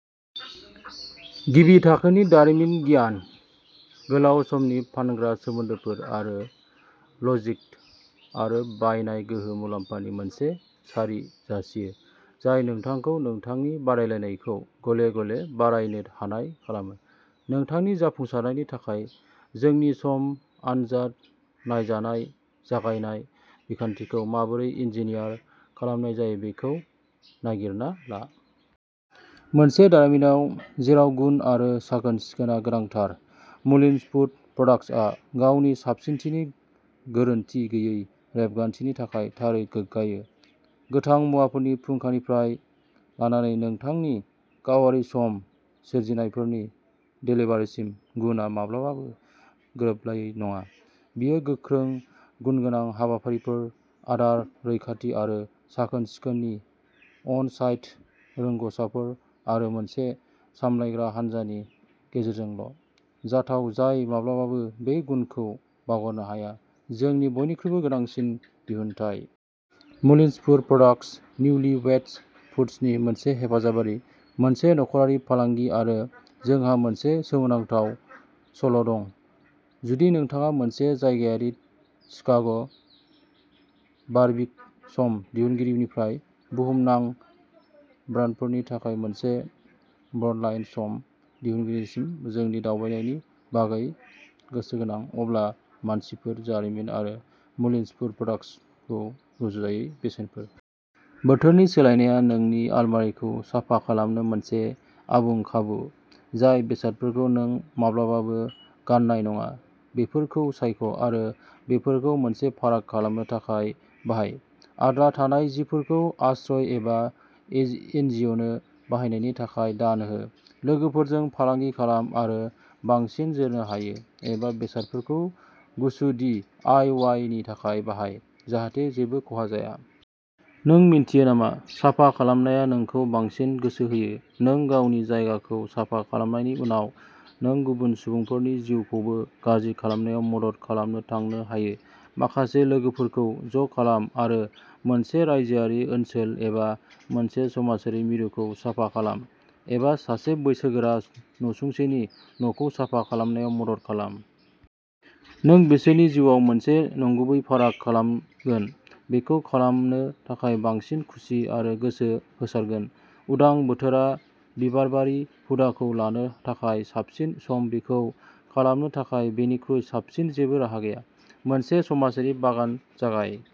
गिबि थाखोनि दारिमिन गियान, गोलाव समनि फानग्रा सोमोन्दोफोर आरो लजिक्ट आरो बायनाय गोहो मुलाम्फानि मोनसे सारि जासियो जाय नोंथांखौ नोंथांनि बादायलायनायखौ गले-गले बारायनो हानाय खालामो। नोंथांनि जाफुंसारनायनि थाखाय जोंनि सम आनजाद नायजानाय जागायनाय बिखान्थिखौ माबोरै इन्जिनियार खालामनाय जायो बेखौ नागिरना ला। मोनसे दारिमिनाव जेराव गुन आरो साखोन-सिखोनआ गोनांथार, मुलिन्स फुद प्रडाक्टसआ गावनि साबसिनथिनि गोरोनथि गैयै रेबगान्थिनि थाखाय थारै गोग्गायो। गोथां मुवाफोरनि फुंखानिफ्राय लानानै नोंथांनि गावारि सम सोरजिनायफोरनि देलिभारिसिम, गुनआ माब्लाबाबो गोरोबलायै नङा। बेयो गोख्रों गुनगोनां हाबाफारिफोर, आदार रैखाथि आरो साखोन-सिखोननि अन-साइट रोंग'साफोर, आरो मोनसे सामलायग्रा हानजानि गेजेरजोंल' जाथाव जाय माब्लाबाबो बे गुनखौ बावगारनो हाया, जोंनि बयनिख्रुइबो गोनांसिन दिहुनथाय। Mullins food products, Newly Weds फुडसनि मोनसे हेफाजाबारि, मोनसे नखरारि फालांगि, आरो जोंहा मोनसे सोमोनांथाव सल' दं। जुदि नोंथाङा मोनसे जायगायारि शिकाग' बारबिक्यु सम दिहुनगिरिनिफ्राय बुहुमनां ब्रान्डफोरनि थाखाय मोनसे ब्रडलाइन सस दिहुनगिरिसिम जोंनि दावबायनायनि बागै गोसोगोनां, अब्ला मानसिफोर, जारिमिन आरो मुलिनस फुद प्रडाक्टखौ रुजुजायै बेसेनफोर। बोथोरनि सोलायनाया नोंनि आलमारिखौ साफा खालामनो मोनसे आबुं खाबु। जाय बेसादफोरखौ नों माब्लाबाबो गान्नाय नङा बेफोरखौ सायख' आरो बेफोरखौ मोनसे फाराग खालामनो थाखाय बाहाय आद्रा थानाय जिफोरखौ आश्रय एबा एस एनजिअ'नो बाहायनायनि थाखाय दान हो, लोगोफोरजों फालांगि खालाम आरो बांसिन जोरनो हायो एबा बेसादफोरखौ गुसु दि आइ अवाइ नि थाखाय बाहाय जाहाथे जेबो खहा जाया। नों मिन्थियो नामा साफा खालामनाया नोंखौ बांसिन गोसो होयो नों गावनि जायगाखौ साफा खालामनायनि उनाव, नों गुबुन सुबुंफोरनि जिउखौबो गाज्रि खालामनायाव मदद खालामनो थांनो हायो माखासे लोगोफोरखौ ज' खालाम आरो मोनसे रायजोआरि ओनसोल एबा मोनसे समाजारि मिरुखौ साफा खालाम, एबा सासे बैसोगोरा नसुंसेनि न'खौ साफा खालामनायाव मदद खालाम। नों बिसोरनि जिउआव मोनसे नंगुबै फाराग खालामगोन, बेखौ खालामनो थाखाय बांसिन खुसि आरो गोसो होसारगोन। उदां बोथोरा बिबारबारि हुदाखौ लानो थाखाय साबसिन सम बेखौ खालामनो थाखाय बेनिख्रुइ साबसिन जेबो राहा गैया। मोनसे समाजारि बागान जागाय।